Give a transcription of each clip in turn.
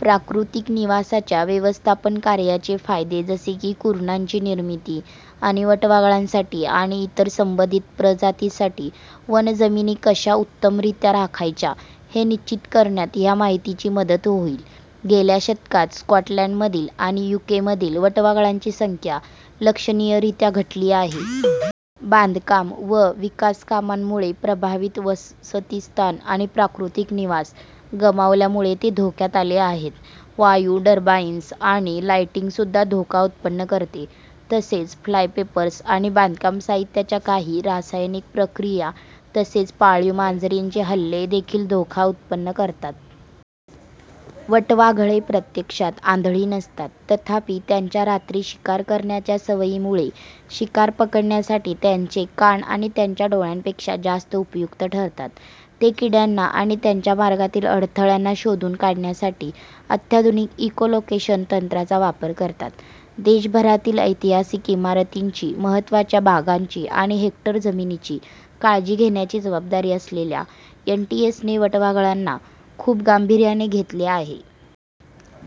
प्राकृतिक निवासाच्या व्यवस्थापन कार्याचे फायदे जसे की कुरणांची निर्मिती आणि वटवाघळांसाठी आणि इतर संबंधित प्रजातींसाठी वनजमिनी कशा उत्तमरित्या राखायच्या हे निश्चित करण्यात या माहितीची मदत होईल. गेल्या शतकात स्कॉटलंडमधील आणि युकेमधील वटवाघळांची संख्या लक्षणीयरित्या घटली आहे. बांधकाम व विकास कामांमुळे प्रभावित वसतिस्थान आणि प्राकृतिक निवास गमावल्यामुळे ते धोक्यात आले आहेत. वायु टर्बाइन्स आणि लायटिंगसुद्धा धोका उत्पन्न करते, तसेच फ्लायपेपर्स आणि बांधकाम साहित्याच्या काही रासायनिक प्रक्रिया, तसेच पाळीव मांजरींचे हल्ले देखील धोका उत्पन्न करतात. वटवाघळे प्रत्यक्षात आंधळी नसतात. तथापि, त्यांच्या रात्री शिकार करण्याच्या सवयीमुळे शिकार पकडण्यासाठी त्यांचे कान त्यांच्या डोळ्यांपेक्षा जास्त उपयुक्त ठरतात. ते किड्यांना आणि त्यांच्या मार्गातील अडथळ्यांना शोधून काढण्यासाठी अत्याधुनिक इको-लोकेशन तंत्राचा वापर करतात. देशभरातील ऐतिहासिक इमारतींची, महत्त्वाच्या बागांची आणि हेक्टर जमिनीची काळजी घेण्याची जबाबदारी असलेल्या एनटीएसने वटवाघळांना खूप गांभिर्याने घेतले आहे.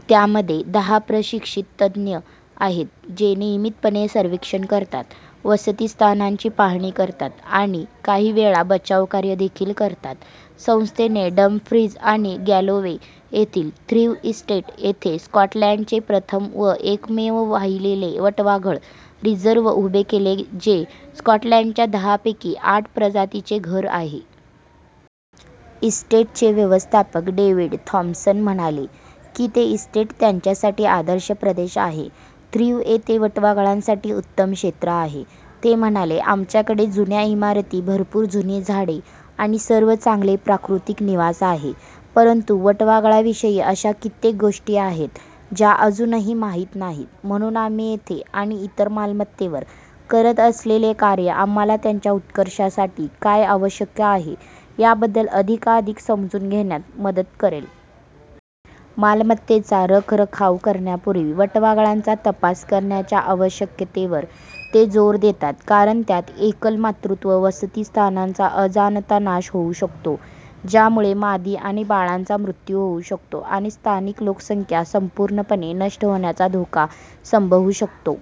त्यामध्ये दहा प्रशिक्षित तज्ज्ञ आहेत जे नियमितपणे सर्वेक्षण करतात, वसतिस्थानांची पाहणी करतात आणि काही वेळा बचावकार्य देखील करतात. संस्थेने डमफ्रीज आणि गॅलोवे येथील थ्रीव्ह इस्टेट येथे स्कॉटलँडचे प्रथम व एकमेव वाहिलेले वटवाघळ रिझर्व उभे केले जे स्कॉटलंडच्या दहापैकी आठ प्रजातींचे घर आहे. इस्टेटचे व्यवस्थापक डेव्हिड थॉम्पसन म्हणाले की ती इस्टेट त्यांच्यासाठी आदर्श प्रदेश आहे. "थ्रीव्ह येथे वटवाघळांसाठी उत्तम क्षेत्र आहे," ते म्हणाले. "आमच्याकडे जुन्या इमारती, भरपूर जुनी झाडे आणि सर्व चांगले प्राकृतिक निवास आहे. परंतु, वटवाघळांविषयी अशा कित्येक गोष्टी आहेत ज्या अजूनही माहीत नाहीत, म्हणून आम्ही येथे आणि इतर मालमत्तेवर करत असलेले कार्य आम्हाला त्यांच्या उत्कर्षासाठी काय आवश्यक आहे याबद्दल अधिकाधिक समजून घेण्यात मदत करेल. " मालमत्तेचा रखरखाव करण्यापूर्वी वटवाघळांचा तपास करण्याच्या आवश्यकतेवर ते जोर देतात कारण त्यात एकल मातृत्व वसतिस्थानाचा अजाणता नाश होऊ शकतो, ज्यामुळे मादी आणि बाळांचा मृत्यू होऊ शकतो, आणि स्थानिक लोकसंख्या संपूर्णपणे नष्ट होण्याचा धोका संभवू शकतो.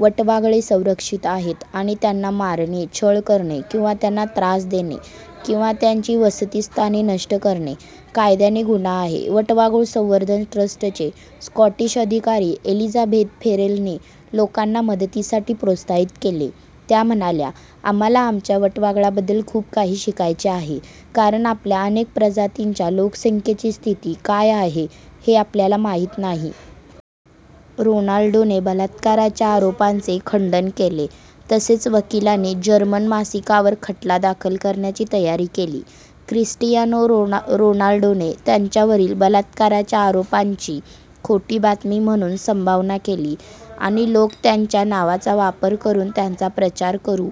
वटवाघळे संरक्षित आहेत आणि त्याना मारणे, छळ करणे किंवा त्यांना त्रास देणे किंवा त्यांची वसतिस्थाने नष्ट करणे कायद्याने गुन्हा आहे. वटवाघूळ संवर्धन ट्रस्टचे स्कॉटिश अधिकारी एलिझाबेथ फेरेलनी लोकांना मदतीसाठी प्रोत्साहित केले. त्या म्हणाल्या: "आम्हाला आमच्या वटवाघळांबद्दल खूप काही शिकायचे आहे कारण आपल्या अनेक प्रजातींच्या लोकसंख्येची स्थिती काय आहे हे आपल्याला माहीत नाही. " रोनाल्डोने बलात्काराच्या आरोपांचे खंडन केले तसेच वकिलांनी जर्मन मासिकावर खटला दाखल करण्याची तयारी केली क्रिस्टियानो रोनाल्डोने त्याच्यावरील बलात्काराच्या आरोपांची "खोटी बातमी" म्हणून संभावना केली आणि लोक त्याच्या नावाचा वापर करून "त्यांचा प्रचार करू